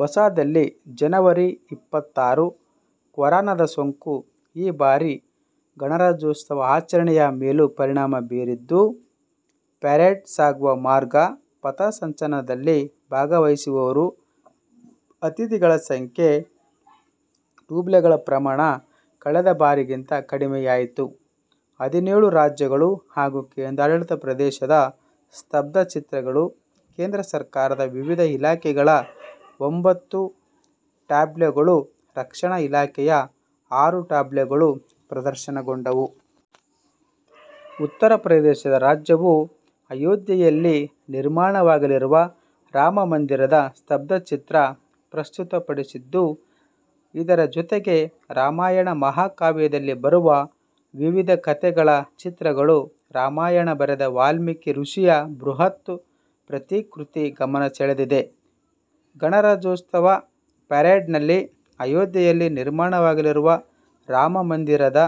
ಹೊಸದಿಲ್ಲಿ, ಜನವರಿ ಇಪ್ಪತ್ತಾರು: ಕೊರೋನ ಸೋಂಕು ಈ ಬಾರಿಯ ಗಣರಾಜ್ಯೋತ್ಸವ ಆಚರಣೆಯ ಮೇಲೂ ಪರಿಣಾಮ ಬೀರಿದ್ದು ಪರೇಡ್ ಸಾಗುವ ಮಾರ್ಗ, ಪಥಸಂಚಲನದಲ್ಲಿ ಭಾಗವಹಿಸುವವರು, ಅತಿಥಿಗಳ ಸಂಖ್ಯೆ, ಟ್ಯಾಬ್ಲೊಗಳ ಪ್ರಮಾಣ ಕಳೆದ ಬಾರಿಗಿಂತ ಕಡಿಮೆಯಾಗಿತ್ತು. ಹದಿನೇಳು ರಾಜ್ಯಗಳು ಹಾಗೂ ಕೇಂದ್ರಾಡಳಿತ ಪ್ರದೇಶದ ಸ್ತಬ್ಧಚಿತ್ರಗಳು, ಕೇಂದ್ರ ಸರಕಾರದ ವಿವಿಧ ಇಲಾಖೆಗಳ ಒಂಭತ್ತು ಟ್ಯಾಬ್ಲೊಗಳು, ರಕ್ಷಣಾ ಇಲಾಖೆಯ ಆರು ಟ್ಯಾಬ್ಲೊಗಳು ಪ್ರದರ್ಶನಗೊಂಡವು. ಉತ್ತರಪ್ರದೇಶ ರಾಜ್ಯವು ಅಯೋಧ್ಯೆಯಲ್ಲಿ ನಿರ್ಮಾಣವಾಗಲಿರುವ ರಾಮಮಂದಿರದ ಸ್ತಬ್ಧಚಿತ್ರ ಪ್ರಸ್ತುತಪಡಿಸಿದ್ದು ಇದರ ಜೊತೆಗೆ ರಾಮಾಯಣ ಮಹಾಕಾವ್ಯದಲ್ಲಿ ಬರುವ ವಿವಿಧ ಕತೆಗಳ ಚಿತ್ರಗಳು, ರಾಮಾಯಣ ಬರೆದ ವಾಲ್ಮೀಕಿ ಋಷಿಯ ಬೃಹತ್ ಪ್ರತಿಕೃತಿ ಗಮನ ಸೆಳೆದಿದೆ. ಗಣರಾಜ್ಯೋತ್ಸವ ಪರೇಡ್ನಲ್ಲಿ ಅಯೋಧ್ಯೆಯಲ್ಲಿ ನಿರ್ಮಾಣವಾಗಲಿರುವ ರಾಮಮಂದಿರದ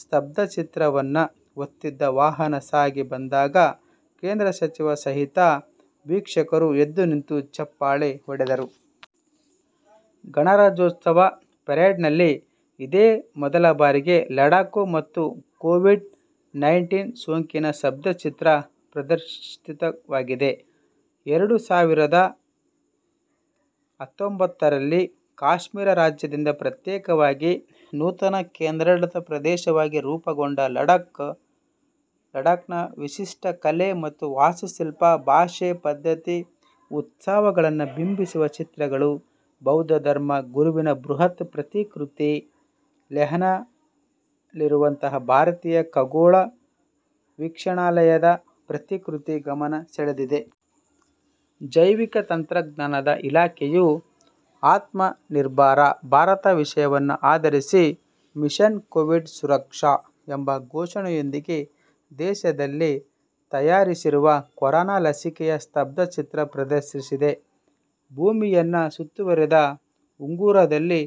ಸ್ತಬ್ಧಚಿತ್ರವನ್ನು ಹೊತ್ತಿದ್ದ ವಾಹನ ಸಾಗಿ ಬಂದಾಗ ಕೇಂದ್ರ ಸಚಿವರ ಸಹಿತ ವೀಕ್ಷಕರು ಎದ್ದುನಿಂತು ಚಪ್ಪಾಳೆ ಹೊಡೆದರು. ಗಣರಾಜ್ಯೋತ್ಸವ ಪರೇಡ್ನಲ್ಲಿ ಇದೇ ಮೊದಲ ಬಾರಿಗೆ ಲಡಾಕ್ ಮತ್ತು ಕೋವಿಡ್-ನೈನ್ಟೀನ್ ಸೋಂಕಿನ ಸ್ತಬ್ಧಚಿತ್ರ ಪ್ರದರ್ಶಿತವಾಗಿದೆ. ಎರಡು ಸಾವಿರದ ಹತ್ತೊಂಬತ್ತುರಲ್ಲಿ ಕಾಶ್ಮೀರ ರಾಜ್ಯದಿಂದ ಪ್ರತ್ಯೇಕವಾಗಿ ನೂತನ ಕೇಂದ್ರಾಡಳಿತ ಪ್ರದೇಶವಾಗಿ ರೂಪುಗೊಂಡ ಲಡಾಕ್ನ ವಿಶಿಷ್ಟ ಕಲೆ ಮತ್ತು ವಾಸ್ತುಶಿಲ್ಪ, ಭಾಷೆ, ಪದ್ಧತಿ, ಉತ್ಸವಗಳನ್ನು ಬಿಂಬಿಸುವ ಚಿತ್ರಗಳು, ಬೌದ್ಧ ಧರ್ಮ ಗುರುವಿನ ಬೃಹತ್ ಪ್ರತಿಕೃತಿ, ಲೇಹ್ನಲ್ಲಿರುವ ಭಾರತೀಯ ಖಗೋಳ ವೀಕ್ಷಣಾಲಯದ ಪ್ರತಿಕೃತಿ ಗಮನ ಸೆಳೆದಿದೆ. ಜೈವಿಕ ತಂತ್ರಜ್ಞಾನ ಇಲಾಖೆಯು ಆತ್ಮನಿರ್ಭರ ಭಾರತ ವಿಷಯವನ್ನು ಆಧರಿಸಿದ 'ಮಿಷನ್ ಕೋವಿಡ್ ಸುರಕ್ಷಾ' ಎಂಬ ಘೋಷಣೆಯೊಂದಿಗೆ ದೇಶದಲ್ಲಿ ತಯಾರಿಸಿರುವ ಕೊರೋನ ಲಸಿಕೆಯ ಸ್ತಬ್ಧಚಿತ್ರ ಪ್ರದರ್ಶಿಸಿದೆ. ಭೂಮಿಯನ್ನು ಸುತ್ತುವರಿದ ಉಂಗುರದಲ್ಲಿ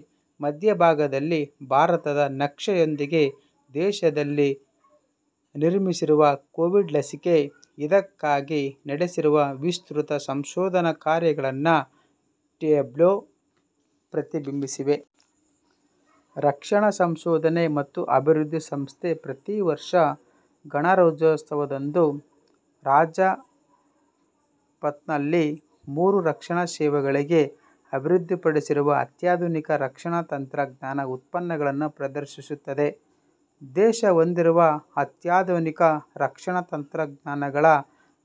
ಮಧ್ಯಭಾಗದಲ್ಲಿ ಭಾರತದ ನಕ್ಷೆಯೊಂದಿಗೆ, ದೇಶದಲ್ಲಿ ನಿರ್ಮಿಸಿರುವ ಕೋವಿಡ್ ಲಸಿಕೆ, ಇದಕ್ಕಾಗಿ ನಡೆಸಿರುವ ವಿಸ್ತೃತ ಸಂಶೋಧನಾ ಕಾರ್ಯಗಳನ್ನು ಟ್ಯಾಬ್ಲೊ ಪ್ರತಿಬಿಂಬಿಸಿದೆ. ರಕ್ಷಣಾ ಸಂಶೋಧನೆ ಮತ್ತು ಅಭಿವೃದ್ಧಿ ಸಂಸ್ಥೆ ಪ್ರತೀ ವರ್ಷ ಗಣರಾಜ್ಯೋತ್ಸವದಂದು ರಾಜಪಥ್ನಲ್ಲಿ ಮೂರೂ ರಕ್ಷಣಾ ಸೇವೆಗಳಿಗೆ ಅಭಿವೃದ್ಧಿಪಡಿಸಿರುವ ಅತ್ಯಾಧುನಿಕ ರಕ್ಷಣಾ ತಂತ್ರಜ್ಞಾನ ಉತ್ಪನ್ನಗಳನ್ನು ಪ್ರದರ್ಶಿಸುತ್ತದೆ. ದೇಶ ಹೊಂದಿರುವ ಅತ್ಯಾಧುನಿಕ ರಕ್ಷಣಾ ತಂತ್ರಜ್ಞಾನಗಳ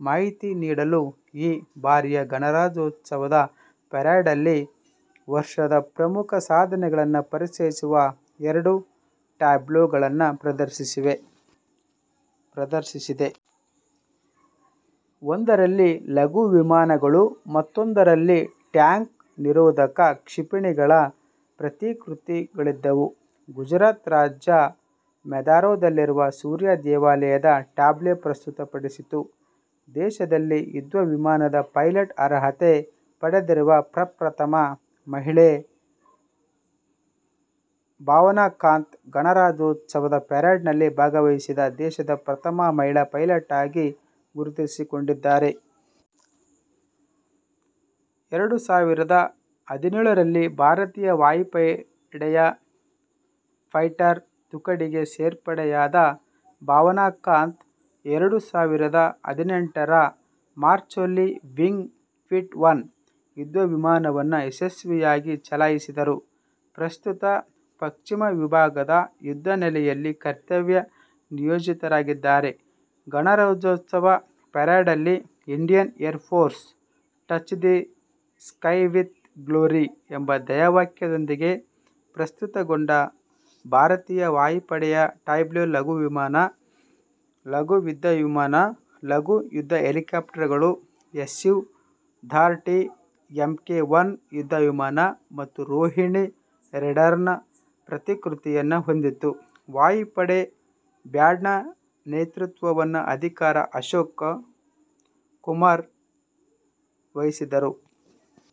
ಮಾಹಿತಿ ನೀಡಲು ಈ ಬಾರಿಯ ಗಣರಾಜ್ಯೋತ್ಸವ ಪರೇಡ್ನಲ್ಲಿ ವರ್ಷದ ಪ್ರಮುಖ ಸಾಧನೆಗಳನ್ನು ಪರಿಚಯಿಸುವ ಎರಡು ಟ್ಯಾಬ್ಲೊಗಳನ್ನು ಪ್ರದರ್ಶಿಸಿದೆ. ಒಂದರಲ್ಲಿ ಲಘು ಯುದ್ಧವಿಮಾನಗಳು, ಮತ್ತೊಂದರಲ್ಲಿ ಟ್ಯಾಂಕ್ ನಿರೋಧಕ ಕ್ಷಿಪಣಿಗಳ ಪ್ರತಿಕೃತಿಗಳಿದ್ದವು. ಗುಜರಾತ್ ರಾಜ್ಯ ಮೊಧೇರಾದಲ್ಲಿರುವ ಸೂರ್ಯ ದೇವಸ್ಥಾನದ ಟ್ಯಾಬ್ಲೊ ಪ್ರಸ್ತುತ ಪಡಿಸಿತು. ದೇಶದಲ್ಲಿ ಯುದ್ಧವಿಮಾನದ ಪೈಲಟ್ ಅರ್ಹತೆ ಪಡೆದಿರುವ ಪ್ರಪ್ರಥಮ ಮಹಿಳೆ ಲೆ ಭಾವನಾ ಕಾಂತ್, ಗಣರಾಜ್ಯೋತ್ಸವ ಪರೇಡ್ನಲ್ಲಿ ಭಾಗವಹಿಸಿದ ದೇಶದ ಪ್ರಥಮ ಮಹಿಳಾ ಪೈಲಟ್ ಆಗಿ ಗುರುತಿಸಿಕೊಂಡಿದ್ದಾರೆ. ಎರಡು ಸಾವಿರದ ಹದಿನೇಳರಲ್ಲಿ ಭಾರತೀಯ ವಾಯುಪಡೆಯ ಫೈಟರ್ ತುಕಡಿಗೆ ಸೇರ್ಪಡೆಯಾದ ಭಾವನಾ ಕಾಂತ್, ಎರಡು ಸಾವಿರದ ಹದಿನೆಂಟರ ಮಾರ್ಚ್ನಲ್ಲಿ ಮಿಗ್-ಟ್ವೆಂಟಿ ಒನ್ ಯುದ್ಧವಿಮಾನವನ್ನು ಯಶಸ್ವಿಯಾಗಿ ಚಲಾಯಿಸಿದ್ದರು. ಪ್ರಸ್ತುತ ಪಶ್ಚಿಮ ವಿಭಾಗದ ಯುದ್ಧನೆಲೆಯಲ್ಲಿ ಕರ್ತವ್ಯ ನಿಯೋಜಿತರಾಗಿದ್ದಾರೆ. ಗಣರಾಜ್ಯೋತ್ಸವ ಪರೇಡ್ನಲ್ಲಿ 'Indian air force: touch the sky with glory' ಎಂಬ ಧ್ಯೇಯವಾಕ್ಯದೊಂದಿಗೆ ಪ್ರಸ್ತುತಗೊಂಡ ಭಾರತೀಯ ವಾಯಪಡೆಯ ಟ್ಯಾಬ್ಲೊ ಲಘು ಯುದ್ಧವಿಮಾನ, ಲಘು ಯುದ್ಧ ಹೆಲಿಕಾಪ್ಟರ್ಗಳು, ಎಸ್ಯು- ಥರ್ಟಿ ಎಂಕೆ-ಒನ್ ಯುದ್ಧವಿಮಾನ ಮತ್ತು ರೋಹಿಣಿ ರೇಡಾರ್ನ ಪ್ರತಿಕೃತಿಯನ್ನು ಹೊಂದಿತ್ತು. ವಾಯುಪಡೆ ಬ್ಯಾಂಡ್ನ ನೇತೃತ್ವವನ್ನು ಅಧಿಕಾರಿ ಅಶೋಕ್ ಕುಮಾರ್ ವಹಿಸಿದ್ದರು.